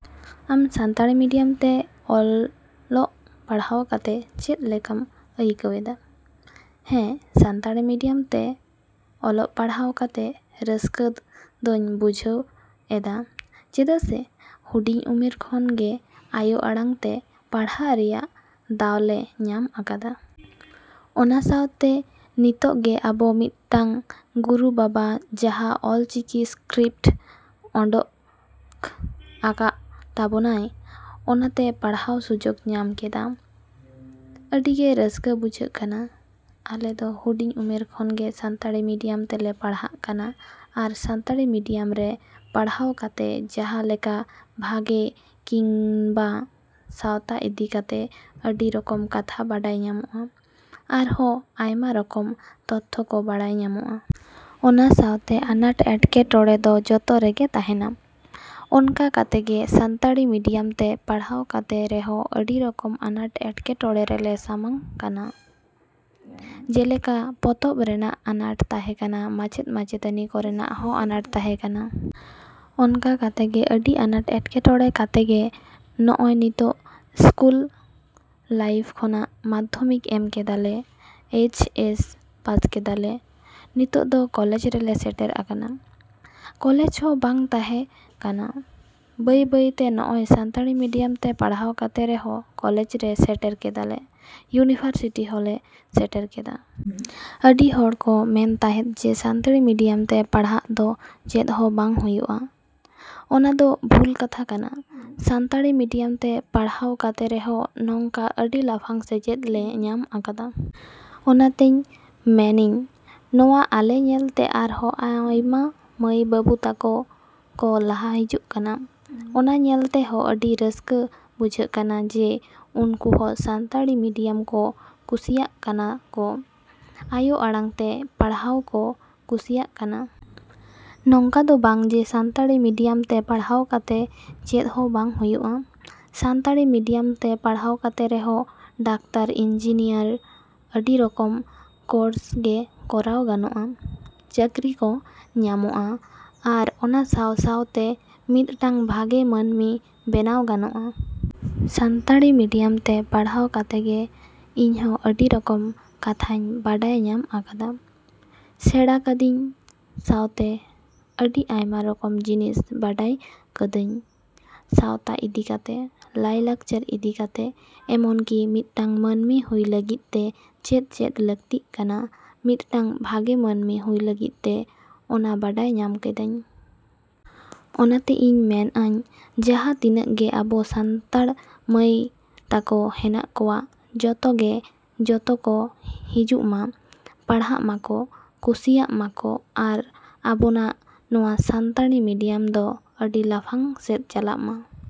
‎ᱟᱢ ᱥᱟᱱᱛᱟᱲᱤ ᱢᱤᱰᱤᱭᱟᱢ ᱛᱮ ᱚᱞᱚᱜ ᱯᱟᱲᱦᱟᱣ ᱠᱟᱛᱮ ᱪᱮᱫ ᱞᱮᱠᱟᱢ ᱟᱹᱭᱠᱟᱹᱣ ᱮᱫᱟ? ᱦᱮᱸ, ᱥᱟᱱᱛᱟᱲᱤ ᱢᱤᱰᱤᱭᱟᱢ ᱛᱮ ᱚᱞᱚᱜ ᱯᱟᱲᱦᱟᱣ ᱠᱟᱛᱮ ᱨᱟᱹᱥᱠᱟᱹ ᱫᱚᱧ ᱵᱩᱡᱷᱟᱹᱣ ᱮᱫᱟ ᱪᱮᱫᱟᱜ ᱥᱮ ᱦᱩᱰᱤᱧ ᱩᱢᱮᱨ ᱠᱷᱚᱱ ᱜᱮ ᱟᱭᱳ ᱟᱲᱟᱝ ᱛᱮ ᱯᱟᱲᱦᱟᱜ ᱨᱮᱭᱟᱜ ᱫᱟᱣ ᱞᱮ ᱧᱟᱢ ᱟᱠᱟᱫᱟ᱾ ᱚᱱᱟ ᱥᱟᱶᱛᱮ ᱱᱤᱛᱚᱜ ᱜᱮ ᱟᱵᱚ ᱢᱤᱫᱴᱟᱝ ᱜᱩᱨᱩ ᱵᱟᱵᱟ ᱡᱟᱦᱟᱸ ᱚᱞ ᱪᱤᱠᱤ ᱥᱠᱨᱤᱯᱴ ᱚᱰᱚᱠ ᱟᱠᱟᱜ ᱛᱟᱵᱚᱱᱟᱭ, ᱚᱱᱟ ᱛᱮ ᱯᱟᱲᱦᱟᱣ ᱥᱩᱡᱚᱜ ᱧᱟᱢ ᱠᱮᱫᱟ᱾ ᱟᱹᱰᱤ ᱜᱮ ᱨᱟᱹᱥᱠᱟᱹ ᱵᱩᱡᱷᱟᱹᱜ ᱠᱟᱱᱟ᱾ ᱟᱞᱮ ᱫᱚ ᱦᱩᱰᱤᱧ ᱩᱢᱮᱨ ᱠᱷᱚᱱ ᱜᱮ ᱥᱟᱱᱛᱟᱲᱤ ᱢᱤᱰᱤᱭᱟᱢ ᱛᱮᱞᱮ ᱯᱟᱲᱦᱟᱜ ᱠᱟᱱᱟ ᱟᱨ ᱥᱟᱱᱛᱟᱲᱤ ᱢᱤᱰᱤᱭᱟᱢ ᱨᱮ ᱯᱟᱲᱦᱟᱣ ᱠᱟᱛᱮ ᱡᱟᱦᱟᱸ ᱞᱮᱠᱟ ᱵᱷᱟᱜᱮ ᱠᱤᱱᱵᱟ ᱥᱟᱶᱛᱟ ᱤᱫᱤ ᱠᱟᱛᱮ ᱟᱹᱰᱤ ᱨᱚᱠᱚᱢ ᱠᱟᱛᱷᱟ ᱵᱟᱰᱟᱭ ᱧᱟᱢᱚᱜᱼᱟ ᱟᱨᱦᱚᱸ ᱟᱭᱢᱟ ᱨᱚᱠᱚᱢ ᱛᱚᱛᱛᱷᱚ ᱠᱚ ᱵᱟᱲᱟᱭ ᱧᱟᱢᱚᱜᱼᱟ᱾ ᱚᱱᱟ ᱥᱟᱶᱛᱮ ᱟᱱᱟᱴ ᱮᱴᱠᱮᱴᱚᱬᱮ ᱫᱚ ᱡᱷᱚᱛᱚ ᱨᱮᱜᱮ ᱛᱟᱦᱮᱱᱟ᱾ ᱚᱱᱠᱟ ᱠᱟᱛᱮ ᱜᱮ ᱥᱟᱱᱛᱟᱲᱤ ᱢᱤᱰᱤᱭᱟᱢ ᱛᱮ ᱯᱟᱲᱦᱟᱣ ᱠᱟᱛᱮ ᱨᱮᱦᱚᱸ ᱟᱹᱰᱤ ᱨᱚᱠᱚᱢ ᱟᱱᱟᱴ ᱮᱴᱠᱮᱴᱚᱬᱮ ᱨᱮᱞᱮ ᱥᱟᱢᱟᱝ ᱠᱟᱱᱟ᱾ ᱡᱮᱞᱮᱠᱟ ᱯᱚᱛᱚᱵ ᱨᱮᱱᱟᱜ ᱟᱱᱟᱴ ᱛᱟᱦᱮᱸ ᱠᱟᱱᱟ, ᱢᱟᱪᱮᱫ ᱢᱟᱪᱮᱛᱟᱹᱱᱤ ᱠᱚᱨᱮᱱᱟᱜ ᱦᱚᱸ ᱟᱱᱟᱴ ᱛᱟᱦᱮᱸ ᱠᱟᱱᱟ᱾ ᱚᱱᱠᱟ ᱠᱟᱛᱮ ᱜᱮ ᱟᱹᱰᱤ ᱟᱱᱟᱴ ᱮᱴᱠᱮᱴᱚᱬᱮ ᱠᱟᱛᱮ ᱜᱮ ᱱᱚᱜᱼᱚᱭ ᱱᱤᱛᱚᱜ ᱤᱥᱠᱩᱞ ᱞᱟᱭᱤᱯᱷ ᱠᱷᱚᱱᱟᱜ ᱢᱟᱫᱽᱫᱷᱚᱢᱤᱠ ᱮᱢ ᱠᱮᱫᱟᱞᱮ, ᱮᱭᱪ ᱮᱥ ᱯᱟᱥ ᱠᱮᱫᱟᱞᱮ, ᱱᱤᱛᱚᱜ ᱫᱚ ᱠᱚᱞᱮᱡᱽ ᱨᱮᱞᱮ ᱥᱮᱴᱮᱨ ᱟᱠᱟᱱᱟ᱾ ᱠᱚᱞᱮᱡᱽ ᱦᱚᱸ ᱵᱟᱝ ᱛᱟᱦᱮᱸ ᱠᱟᱱᱟ᱾ ᱵᱟᱹᱭᱼᱵᱟᱹᱭ ᱛᱮ ᱱᱚᱜᱼᱚᱭ ᱥᱟᱱᱛᱟᱲᱤ ᱢᱤᱰᱤᱭᱟᱢ ᱛᱮ ᱯᱟᱲᱦᱟᱣ ᱠᱟᱛᱮ ᱨᱮᱦᱚᱸ ᱠᱚᱞᱮᱡᱽ ᱨᱮ ᱥᱮᱴᱮᱨ ᱠᱮᱫᱟᱞᱮ, ᱤᱭᱩᱱᱤᱵᱷᱟᱨᱥᱤᱴᱤ ᱦᱚᱸᱞᱮ ᱥᱮᱴᱮᱨ ᱠᱮᱫᱟ᱾ ᱟᱹᱰᱤ ᱦᱚᱲ ᱠᱚ ᱢᱮᱱ ᱛᱟᱦᱮᱸᱫ ᱡᱮ ᱥᱟᱱᱛᱟᱲᱤ ᱢᱤᱰᱤᱭᱟᱢ ᱛᱮ ᱯᱟᱲᱦᱟᱜ ᱫᱚ ᱪᱮᱫ ᱦᱚᱸ ᱵᱟᱝ ᱦᱩᱭᱩᱜᱼᱟ᱾ ᱚᱱᱟᱫᱚ ᱵᱷᱩᱞ ᱠᱟᱛᱷᱟ ᱠᱟᱱᱟ᱾ ᱥᱟᱱᱛᱟᱲᱤ ᱢᱤᱰᱤᱭᱟᱢ ᱛᱮ ᱯᱟᱲᱦᱟᱣ ᱠᱟᱛᱮ ᱨᱮᱦᱚᱸ ᱱᱚᱝᱠᱟ ᱟᱹᱰᱤ ᱞᱟᱯᱷᱟᱝ ᱥᱮᱪᱮᱫ ᱞᱮ ᱧᱟᱢ ᱟᱠᱟᱫᱟ ᱾ ᱚᱱᱟᱛᱮᱧ ᱢᱮᱱᱤᱧ ᱱᱚᱣᱟ ᱟᱞᱮ ᱧᱮᱞᱛᱮ ᱟᱨᱦᱚᱸ ᱟᱭᱢᱟ ᱢᱟᱹᱭ ᱵᱟᱹᱵᱩ ᱛᱟᱠᱚ ᱠᱚ ᱞᱟᱦᱟ ᱦᱤᱡᱩᱜ ᱠᱟᱱᱟ᱾ ᱚᱱᱟ ᱧᱮᱞᱛᱮ ᱦᱚᱸ ᱟᱹᱰᱤ ᱨᱟᱹᱥᱠᱟᱹ ᱵᱩᱡᱷᱟᱹᱜ ᱠᱟᱱᱟ ᱡᱮ ᱩᱱᱠᱩ ᱦᱚᱸ ᱥᱟᱱᱛᱟᱲᱤ ᱢᱤᱰᱤᱭᱟᱢ ᱠᱚ ᱠᱩᱥᱤᱭᱟᱜ ᱠᱟᱱᱟ ᱠᱚ, ᱟᱭᱳ ᱟᱲᱟᱝ ᱛᱮ ᱯᱟᱲᱦᱟᱣ ᱠᱚ ᱠᱩᱥᱤᱭᱟᱜ ᱠᱟᱱᱟ᱾ ᱱᱚᱝᱠᱟ ᱫᱚ ᱵᱟᱝ ᱡᱮ ᱥᱟᱱᱛᱟᱲᱤ ᱢᱤᱰᱤᱭᱟᱢ ᱛᱮ ᱯᱟᱲᱦᱟᱣ ᱠᱟᱛᱮ ᱪᱮᱫ ᱦᱚᱸ ᱵᱟᱝ ᱦᱩᱭᱩᱜᱼᱟ᱾ ᱥᱟᱱᱛᱟᱲᱤ ᱢᱤᱰᱤᱭᱟᱢ ᱛᱮ ᱯᱟᱲᱦᱟᱣ ᱠᱟᱛᱮ ᱨᱮᱦᱚᱸ ᱰᱟᱠᱛᱟᱨ, ᱤᱧᱡᱤᱱᱤᱭᱟᱹᱨ, ᱟᱹᱰᱤ ᱨᱚᱠᱚᱢ ᱠᱚᱨᱥ ᱜᱮ ᱠᱚᱨᱟᱣ ᱜᱟᱱᱚᱜᱼᱟ, ᱪᱟᱹᱠᱨᱤ ᱠᱚ ᱧᱟᱢᱚᱜᱼᱟ ᱟᱨ ᱚᱱᱟ ᱥᱟᱶᱼᱥᱟᱶᱛᱮ ᱢᱤᱫᱴᱟᱝ ᱵᱷᱟᱜᱮ ᱢᱟᱹᱱᱢᱤ ᱵᱮᱱᱟᱣ ᱜᱟᱱᱚᱜᱼᱟ᱾ ᱥᱟᱱᱛᱟᱲᱤ ᱢᱤᱰᱤᱭᱟᱢ ᱛᱮ ᱯᱟᱲᱦᱟᱣ ᱠᱟᱛᱮ ᱜᱮ ᱤᱧ ᱦᱚᱸ ᱟᱹᱰᱤ ᱨᱚᱠᱚᱢ ᱠᱟᱛᱷᱟᱧ ᱵᱟᱰᱟᱭ ᱧᱟᱢ ᱟᱠᱟᱫᱟ, ᱥᱮᱬᱟ ᱠᱟᱫᱤᱧ ᱥᱟᱶᱛᱮ ᱟᱹᱰᱤ ᱟᱭᱢᱟ ᱨᱚᱠᱚᱢ ᱡᱤᱱᱤᱥ ᱵᱟᱰᱟᱭ ᱠᱟ.ᱫᱟ.ᱧ ᱥᱟᱶᱛᱟ ᱤᱫᱤ ᱠᱟᱛᱮ, ᱞᱟᱭ ᱞᱟᱠᱪᱟᱨ ᱤᱫᱤ ᱠᱟᱛᱮ, ᱮᱢᱚᱱ ᱠᱤ ᱢᱤᱫᱴᱟᱝ ᱢᱟᱹᱱᱢᱤ ᱦᱩᱭ ᱞᱟᱹᱜᱤᱫ ᱛᱮ ᱪᱮᱫ ᱪᱮᱫ ᱞᱟᱹᱠᱛᱤᱜ ᱠᱟᱱᱟ ᱢᱤᱫᱴᱟᱝ ᱵᱷᱟᱜᱮ ᱢᱟᱹᱱᱢᱤ ᱦᱩᱭ ᱞᱟᱹᱜᱤᱫ ᱛᱮ, ᱚᱱᱟ ᱵᱟᱰᱟᱭ ᱧᱟᱢ ᱠᱮᱫᱟ.ᱧ᱾ ᱚᱱᱟᱛᱮ ᱤᱧ ᱢᱮᱱᱟᱹᱧ ᱡᱟᱦᱟᱸ ᱛᱤᱱᱟᱹᱜ ᱜᱮ ᱟᱵᱚ ᱥᱟᱱᱛᱟᱲ ᱢᱟᱹᱭ ᱛᱟᱠᱚ ᱦᱮᱱᱟᱜ ᱠᱚᱣᱟ, ᱡᱷᱚᱛᱚ ᱜᱮ ᱡᱚᱛᱚ ᱠᱚ ᱦᱤᱡᱩᱜ ᱢᱟ, ᱯᱟᱲᱦᱟᱜ ᱢᱟᱠᱚ, ᱠᱩᱥᱤᱭᱟᱜ ᱢᱟᱠᱚ ᱟᱨ ᱟᱵᱚᱱᱟᱜ ᱱᱚᱣᱟ ᱥᱟᱱᱛᱟᱲᱤ ᱢᱤᱰᱤᱭᱟᱢ ᱫᱚ ᱟᱹᱰᱤ ᱞᱟᱯᱷᱟᱝ ᱥᱮᱫ ᱪᱟᱞᱟᱜ ᱢᱟ᱾।